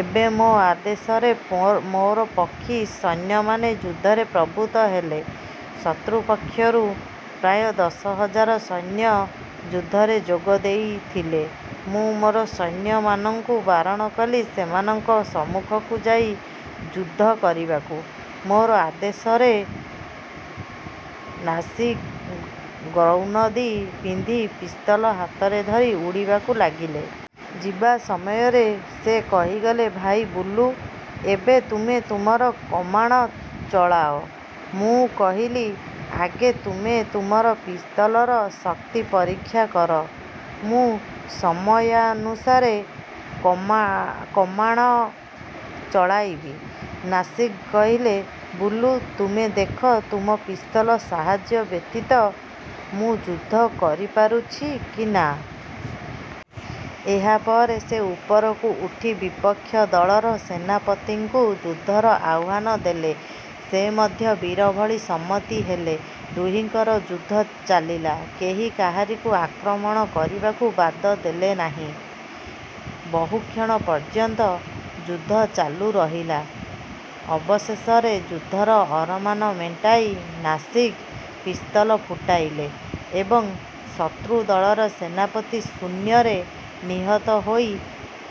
ଏବେ ମୋ ଆଦେଶରେ ମୋର ପକ୍ଷୀ ସୈନ୍ୟମାନେ ଯୁଦ୍ଧରେ ପ୍ରବୃତ୍ତ ହେଲେ। ଶତ୍ରୁପକ୍ଷରୁ ପ୍ରାୟ ଦଶ ହଜାର ସୈନ୍ୟ ଯୁଦ୍ଧରେ ଯୋଗ ଦେଇଥିଲେ। ମୁଁ ମୋର ସୈନ୍ୟମାନଙ୍କୁ ବାରଣ କଲି ସେମାନଙ୍କ ସମ୍ମୁଖକୁ ଯାଇ ଯୁଦ୍ଧ କରିବାକୁ। ମୋର ଆଦେଶରେ ନାସିଗ୍ ଗ୍ରୌନଦି ପିନ୍ଧି ପିସ୍ତଲ ହାତରେ ଧରି ଉଡ଼ିବାକୁ ଲାଗିଲେ। ଯିବା ସମୟରେ ସେ କହିଗଲେ, ଭାଇ ବୁଲୁ! ଏବେ ତୁମେ ତୁମର କମାଣ ଚଳାଅ। ମୁଁ କହିଲି, ଆଗେ ତୁମେ ତୁମର ପିସ୍ତଲର ଶକ୍ତି ପରୀକ୍ଷା କର। ମୁଁ ସମୟାନୁସାରେ କମାଣ ଚଳାଇବି। ନାସିଗ୍ କହିଲେ-ବୁଲୁ ତୁମେ ଦେଖ ତୁମ ପିସ୍ତଲ ସାହାଯ୍ୟ ବ୍ୟତୀତ ମୁଁ ଯୁଦ୍ଧ କରିପାରୁଛି କି ନା? ଏହାପରେ ସେ ଉପରକୁ ଉଠି ବିପକ୍ଷ ଦଳର ସେନାପତିଙ୍କୁ ଯୁଦ୍ଧର ଆହ୍ୱାନ ଦେଲେ। ସେ ମଧ୍ୟ ବୀରଭଳି ସମ୍ମତି ହେଲେ। ଦୁହିଁଙ୍କର ଯୁଦ୍ଧ ଚାଲିଲା। କେହି କାହାରିକୁ ଆକ୍ରମଣ କରିବାକୁ ବାଦ ଦେଲେ ନାହିଁ। ବହୁକ୍ଷଣ ପର୍ଯ୍ୟନ୍ତ ଯୁଦ୍ଧ ଚାଲୁ ରହିଲା। ଅବଶେଷରେ ଯୁଦ୍ଧର ଅରମାନ ମେଣ୍ଟାଇ ନାସିଗ୍ ପିସ୍ତଲ ପୁଟାଇଲେ ଏବଂ ଶତ୍ରୁଦଳର ସେନାପତି ଶୂନ୍ୟରେ ନିହତ ହୋଇ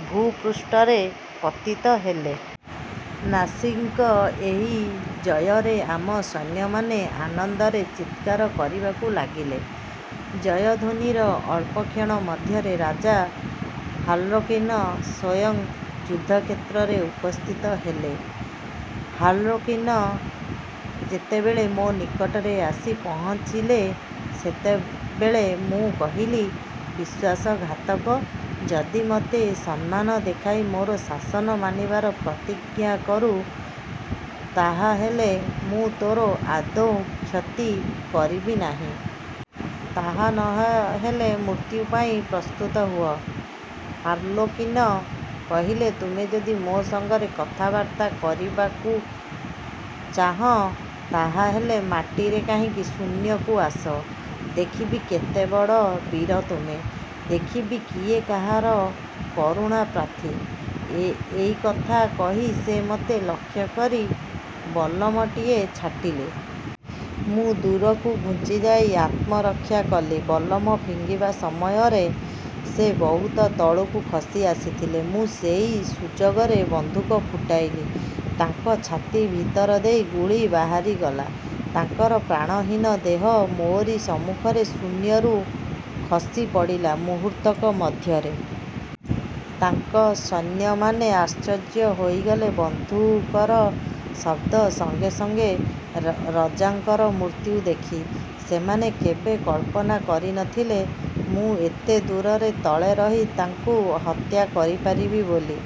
ଭୂପୃଷ୍ଠରେ ପତିତ ହେଲେ। ନାସିଗ୍ଙ୍କ ଏହି ଜୟରେ ଆମ ସୈନ୍ୟମାନେ ଆନନ୍ଦରେ ଚିତ୍କାର କରିବାକୁ ଲାଗିଲେ। ଜୟଧ୍ୱନିର ଅଳ୍ପକ୍ଷଣ ମଧ୍ୟରେ ରାଜା ହାର୍ଲୋକିନ ସ୍ୱୟଂ ଯୁଦ୍ଧକ୍ଷେତ୍ରରେ ଉପସ୍ଥିତ ହେଲେ। ହାର୍ଲୋକିନ ଯେତେବେଳେ ମୋ ନିକଟରେ ଆସି ପହଞ୍ଚିଲେ, ସେତେବେଳେ ମୁଁ କହିଲି, ''ବିଶ୍ୱାସଘାତକ! ଯଦି ମୋତେ ସମ୍ମାନ ଦେଖାଇ ମୋର ଶାସନ ମାନିବାର ପ୍ରତିଜ୍ଞା କରୁ ତାହାହେଲେ ମୁଁ ତୋର ଆଦୌ କ୍ଷତି କରିବି ନାହିଁ। ତାହା ନ ହେଲେ ମୃତ୍ୟୁପାଇଁ ପ୍ରସ୍ତୁତ ହୁଅ। '' ହାର୍ଲୋକିନ କହିଲେ, ''ତୁମେ ଯଦି ମୋ ସଙ୍ଗରେ କଥାବାର୍ତ୍ତା କରିବାକୁ ଚାହଁ, ତାହାହେଲେ ମାଟିରେ କାହିଁକି, ଶୂନ୍ୟକୁ ଆସ। ଦେଖିବି କେତେ ବଡ଼ ବୀର ତୁମେ। ଦେଖିବି କିଏ କାହାର କରୁଣାପ୍ରାର୍ଥୀ। '' ଏଇ କଥା କହି ସେ ମୋତେ ଲକ୍ଷ୍ୟ କରି ବଲ୍ଲମଟିଏ ଛାଟିଲେ। ମୁଁ ଦୂରକୁ ଘୁଞ୍ଚିଯାଇ ଆତ୍ମରକ୍ଷା କଲି। ବଲ୍ଲମ ଫିଙ୍ଗିବା ସମୟରେ ସେ ବହୁତ ତଳକୁ ଖସି ଆସିଥିଲେ। ମୁଁ ସେଇ ସୁଯୋଗରେ ବନ୍ଧୁକ ଫୁଟାଇଲି। ତାଙ୍କ ଛାତି ଭିତର ଦେଇ ଗୁଳି ବାହାରିଗଲା। ତାଙ୍କର ପ୍ରାଣହୀନ ଦେହ ମୋରି ସମ୍ମୁଖରେ ଶୂନ୍ୟରୁ ଖସିପଡ଼ିଲା ମୁହୂର୍ତ୍ତକ ମଧ୍ୟରେ। ତାଙ୍କ ସୈନ୍ୟମାନେ ଆଶ୍ଚର୍ଯ୍ୟ ହୋଇଗଲେ ବନ୍ଧୁକର ଶବ୍ଦ ସଙ୍ଗେ ସଙ୍ଗେ ରଜାଙ୍କର ମୃତ୍ୟୁ ଦେଖି। ସେମାନେ କେବେ କଳ୍ପନା କରିନଥିଲେ ମୁଁ ଏତେ ଦୂରରେ ତଳେ ରହି ତାଙ୍କୁ ହତ୍ୟା କରିପାରିବି ବୋଲି।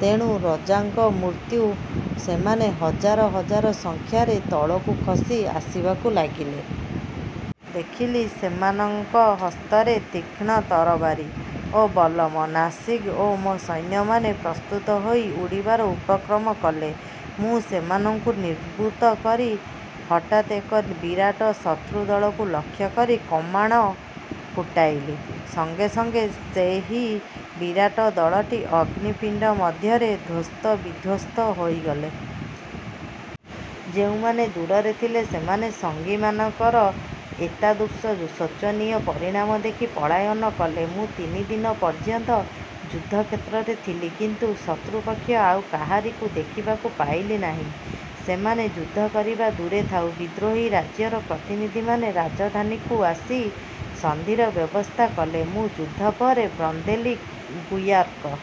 ତେଣୁ ରଜାଙ୍କ ମୃତ୍ୟୁ ସେମାନେ ହଜାର ହଜାର ସଂଖ୍ୟାରେ ତଳକୁ ଖସି ଆସିବାକୁ ଲାଗିଲେ। ଦେଖିଲି ସେମାନଙ୍କ ହସ୍ତରେ ତୀକ୍ଷ୍ଣ ତରବାରୀ ଓ ବଲ୍ଲମ। ନାସିଗ୍ ଓ ମୋ ସୈନ୍ୟମାନେ ପ୍ରସ୍ତୁତ ହୋଇ ଉଡ଼ିବାର ଉପକ୍ରମ କଲେ। ମୁଁ ସେମାନଙ୍କୁ ନିବୃତ୍ତ କରି ହଠାତ୍ ଏକ ବିରାଟ ଶତ୍ରୁଦଳକୁ ଲକ୍ଷ୍ୟ କରି କମାଣ ଫୁଟାଇଲି। ସଙ୍ଗେ ସଙ୍ଗେ ସେହି ବିରାଟ ଦଳଟି ଅଗ୍ନି ପିଣ୍ଡ ମଧ୍ୟରେ ଧ୍ୱସ୍ତବିଧ୍ୱସ୍ତ ହୋଇଗଲେ। ଯେଉଁମାନେ ଦୂରରେ ଥିଲେ ସେମାନେ ସଙ୍ଗୀମାନଙ୍କର ଏତାଦୃଶ ଶୋଚନୀୟ ପରିଣାମ ଦେଖି ପଳାୟନ କଲେ। ମୁଁ ତିନିଦିନ ପର୍ଯ୍ୟନ୍ତ ଯୁଦ୍ଧକ୍ଷେତ୍ରରେ ଥିଲି, କିନ୍ତୁ ଶତ୍ରୁପକ୍ଷୀୟ ଆଉ କାହାରିକୁ ଦେଖିବାକୁ ପାଇଲି ନାହିଁ। ସେମାନେ ଯୁଦ୍ଧ କରିବା ଦୂରେ ଥାଉ; ବିଦ୍ରୋହୀ ରାଜ୍ୟର ପ୍ରତିନିଧିମାନେ ରାଜଧାନୀକୁ ଆସି ସନ୍ଧିର ବ୍ୟବସ୍ଥା କଲେ। ମୁଁ ଯୁଦ୍ଧ ପରେ ବ୍ରନ୍ଦେଲିଗୁୟାର୍କ